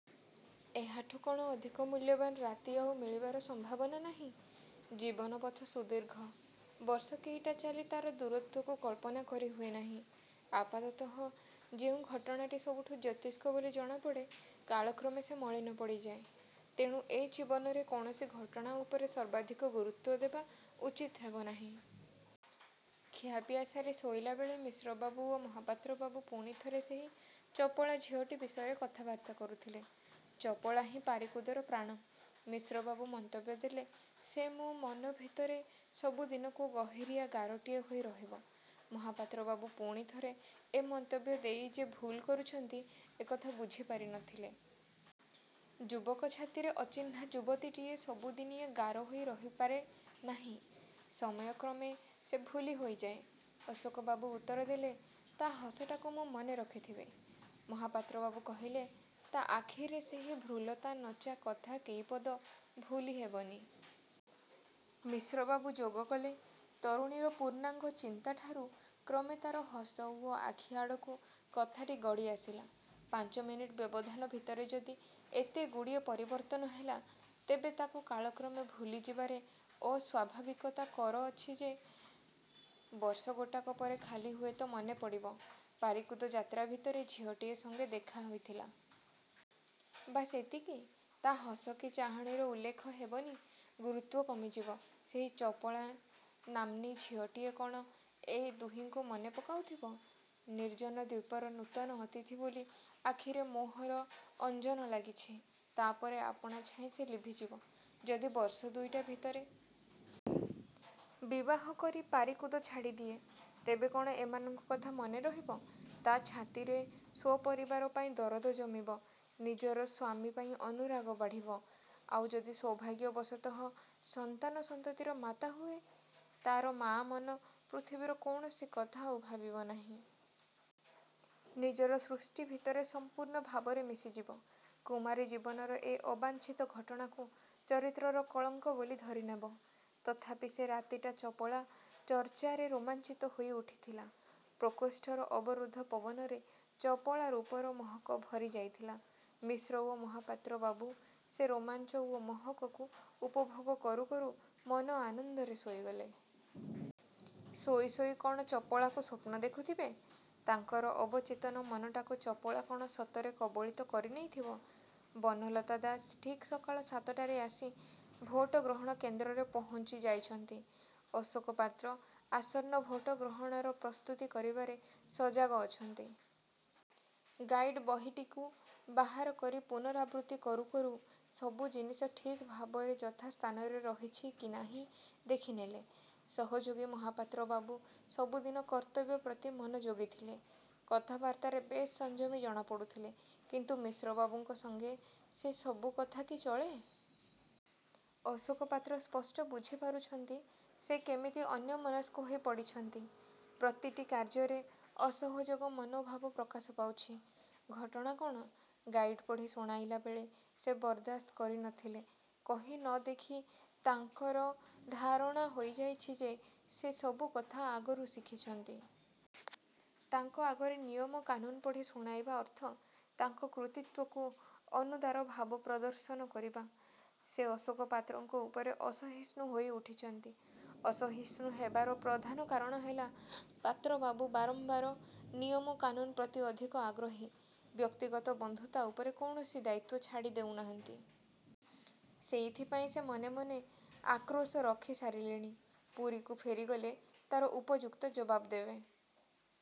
ଏହାଠୁ କଣ ଅଧିକ ମୂଲ୍ୟବାନ ରାତି ଆଉ ମିଳିବାର ସମ୍ଭାବନା ନାହିଁ? ଜୀବନ ପଥ ସୁଦୀର୍ଘ। ବର୍ଷ କେଇଟା ଚାଲି ତାର ଦୂରତ୍ୱକୁ କଳ୍ପନା କରିହୁଏ ନାହିଁ। ଆପାତତଃ ଯେଉଁ ଘଟଣାଟି ସବୁଠୁ ଜ୍ୟୋତିଷ୍କ ବୋଲି ଜଣାପଡ଼େ, କାଳକ୍ରମେ ସେ ମଳିନ ପଡ଼ିଯାଏ। ତେଣୁ ଏ ଜୀବନରେ କୌଣସି ଘଟଣା ଉପରେ ସର୍ବାଧିକ ଗୁରୁତ୍ୱ ଦେବା ଉଚିତ ହେବ ନାହିଁ। ଖିଆପିଆ ସାରି ଶୋଇଲାବେଳେ ମିଶ୍ରବାବୁ ଓ ମହାପାତ୍ର ବାବୁ ପୁଣି ଥରେ ସେହି 'ଚପଳା' ଝିଅଟି ବିଷୟରେ କଥାବର୍ତ୍ତା କରୁଥିଲେ। ଚପଳା ହିଁ ପାରିକୁଦର ପ୍ରାଣ! ମିଶ୍ରବାବୁ ମନ୍ତବ୍ୟ ଦେଲେ। ସେ ମୋ' ମନଭିତରେ ସବୁଦିନକୁ ଗହୀରିଆ ଗାରଟିଏ ହୋଇ ରହିବ। ମହାପାତ୍ର ବାବୁ ପୁଣି ଥରେ ଏ ମନ୍ତବ୍ୟ ଦେଇ ଯେ ଭୁଲ କରୁଛନ୍ତି, ଏକଥା ବୁଝିପାରି ନ ଥିଲେ। ଯୁବକ ଛାତିରେ ଅଚିହ୍ନା ଯୁବତୀଟିଏ ସବୁଦିନିଆ ଗାର ହୋଇ ରହିପାରେ ନାହିଁ। ସମୟ କ୍ରମେ ସେ ଭୁଲି ହୋଇଯାଏ। ଅଶୋକ ବାବୁ ଉତ୍ତର ଦେଲେ। ତା' ହସଟାକୁ ମୁଁ ମନେ ରଖିଥିବି। ମହାପାତ୍ର ବାବୁ କହିଲେ। 'ତା' ଆଖିରେ ସେହି ଭ୍ରୁଲତା-ନଚା-କଥା କେଇପଦ ଭୁଲି ହେବନି'। ମିଶ୍ରବାବୁ ଯୋଗ କଲେ। ତରୁଣୀର ପୂର୍ଣ୍ଣାଙ୍ଗ ଚିନ୍ତାଠାରୁ କ୍ରମେ ତାର ହସ ଓ ଆଖି ଆଡ଼କୁ କଥାଟି ଗଡ଼ିଆସିଲା। ପାଞ୍ଚମିନିଟ ବ୍ୟବଧାନ ଭିତରେ ଯଦି ଏତେଗୁଡ଼ିଏ ପରିବର୍ତ୍ତନ ହେଲା, ତେବେ ତାକୁ କାଳକ୍ରମେ ଭୁଲି ଯିବାରେ ଅସ୍ୱାଭାବିକତା କର ଅଛି ଯେ? ବର୍ଷ ଗୋଟାକ ପରେ ଖାଲି ହୁଏତ ମନେ ପଡ଼ିବ, ପାରିକୁଦ ଯାତ୍ରା ଭିତରେ ଝିଅଟିଏ ସଙ୍ଗେ ଦେଖା ହୋଇଥିଲା। ବାସ୍ ଏତିକି। ତା' ହସ କି ଚାହାଣୀର ଉଲ୍ଲେଖ ହେବନି। ଗୁରୁତ୍ୱ କମିଯିବ। ସେହି ଚପଳାନାମ୍ନୀ ଝିଅଟିଏ କଣ ଏ ଦୁହିଙ୍କୁ ମନେ ପକାଉଥିବ? ନିର୍ଜନ ଦ୍ୱୀପର ନୂତନ ଅତିଥି ବୋଲି ଆଖିରେ ମୋହର ଅଞ୍ଜନ ଲାଗିଛି। ତା'ପରେ ଆପଣା ଛାଏଁ ସେ ଲିଭିଯିବ। ଯଦି ବର୍ଷ ଦୁଇଟା ଭିତରେ। ବିବାହ କରି ପାରିକୁଦ ଛାଡ଼ିଦିଏ, ତେବେ କଣ ଏମାନଙ୍କ କଥା ମନେ ରହିବ। ତା' ଛାତିରେ ସ୍ୱପରିବାର ପାଇଁ ଦରଦ ଜମିବ। ନିଜର ସ୍ୱାମୀ ପାଇଁ ଅନୁରାଗ ବାଢ଼ିବ। ଆଉ ଯଦି ସୌଭାଗ୍ୟ ବଶତଃ ସନ୍ତାନ ସନ୍ତତିର ମାତା ହୁଏ? ତାର ମାଆ ମନ ପୃଥିବୀର କୌଣସି କଥା ଆଉ ଭାବିବ ନାହିଁ। ନିଜର ସୃଷ୍ଟି ଭିତରେ ସମ୍ପୂର୍ଣ୍ଣ ଭାବରେ ମିଶିଯିବ। କୁମାରୀ ଜୀବନର ଏ ଅବାଞ୍ଛିତ ଘଟଣାକୁ ଚରିତ୍ରର କଳଙ୍କ ବୋଲି ଧରିନେବ। ତଥାପି ସେ ରାତିଟା 'ଚପଳା' ଚର୍ଚ୍ଚାରେ ରୋମାଞ୍ଚିତ ହୋଇ ଉଠିଥିଲା। ପ୍ରକୋଷ୍ଠର ଅବରୁଦ୍ଧ ପବନରେ ଚପଳା ରୂପର ମହକ ଭରି ଯାଇଥିଲା। ମିଶ୍ର ଓ ମହାପାତ୍ର ବାବୁ ସେ ରୋମାଞ୍ଚ ଓ ମହକକୁ ଉପଭୋଗ କରୁ, କରୁ ମନ ଆନନ୍ଦରେ ଶୋଇଗଲେ। ଶୋଇ ଶୋଇ କଣ ଚପଳାକୁ ସ୍ୱପ୍ନ ଦେଖୁଥିବେ? ତାଙ୍କର ଅବଚେତନ ମନଟାକୁ ଚପଳା କଣ ସତରେ କବଳିତ କରି ନେଇଥିବ? ବନଲତା ଦାସ ଠିକ୍ ସକାଳ ସାତଟାରେ ଆସି ଭୋଟ ଗ୍ରହଣ କେନ୍ଦ୍ରରେ ପହୁଞ୍ଚି ଯାଇଛନ୍ତି। ଅଶୋକ ପାତ୍ର ଆସନ୍ନ ଭୋଟ ଗ୍ରହଣର ପ୍ରସ୍ତୁତି କରିବାରେ ସଜାଗ ଅଛନ୍ତି। 'ଗାଇଡ଼୍' ବହିଟିକୁ ବାହାର କରି ପୁନରାବୃତ୍ତି କରୁଁ କରୁଁ ସବୁ ଜିନିଷ ଠିକ୍ ଭାବରେ ଯଥା ସ୍ଥାନରେ ରହିଛି କି ନାହିଁ ଦେଖିନେଲେ। ସହଯୋଗୀ ମହାପାତ୍ର ବାବୁ ସବୁଦିନ କର୍ତ୍ତବ୍ୟ ପ୍ରତି ମନଯୋଗୀ ଥିଲେ। କଥା ବାର୍ତ୍ତାରେ ବେଶ୍ ସଂଯମୀ ଜଣା ପଡ଼ୁଥିଲେ। କିନ୍ତୁ ମିଶ୍ରବାବୁଙ୍କ ସଙ୍ଗେ ସେ ସବୁ କଥା କି ଚଳେ? ଅଶୋକ ପାତ୍ର ସ୍ପଷ୍ଟ ବୁଝି ପାରୁଛନ୍ତି ସେ କେମିତି ଅନ୍ୟମନସ୍କ ହୋଇ ପଡ଼ିଛନ୍ତି। ପ୍ରତିଟି କାର୍ଯ୍ୟରେ ଅସହଯୋଗ ମନୋଭାବ ପ୍ରକାଶ ପାଉଛି। ଘଟଣା କଣ? ଗାଇଡ଼୍ ପଢ଼ି ଶୁଣାଇଲା ବେଳେ ସେ ବରଦାସ୍ତ କରି ନ ଥିଲେ। କହି ନ ଦେଖି ତାଙ୍କର ଧାରଣା ହୋଇ ଯାଇଛି ଯେ ସେ ସବୁକଥା ଆଗରୁ ଶିଖିଛନ୍ତି। ତାଙ୍କ ଆଗରେ ନିୟମ କାନୁନ୍ ପଢ଼ି ଶୁଣାଇବା ଅର୍ଥ ତାଙ୍କର କୃତିତ୍ୱକୁ ଅନୁଦାର ଭାବ ପ୍ରଦର୍ଶନ କରିବା। ସେ ଅଶୋକ ପାତ୍ରଙ୍କ ଉପରେ ଅସହିଷ୍ଣୁ ହୋଇ ଉଠିଛନ୍ତି। ଅସହିଷ୍ଣୁ ହେବାର ପ୍ରଧାନ କାରଣ ହେଲା। ପାତ୍ରବାବୁ ବାରମ୍ବାର ନିୟମ କାନୁନ୍ ପ୍ରତି ଅଧିକ ଆଗ୍ରହୀ। ବ୍ୟକ୍ତିଗତ ବନ୍ଧୁତା ଉପରେ କୌଣସି ଦାୟିତ୍ୱ ଛାଡ଼ି ଦେଉନାହାନ୍ତି। ସେଇଥିପାଇଁ ସେ ମନେ ମନେ ଆକ୍ରୋଶ ରଖି ସାରିଲେଣି। ପୁରୀକୁ ଫେରି ଗଲେ ତାର ଉପଯୁକ୍ତ ଜବାବ ଦେବେ।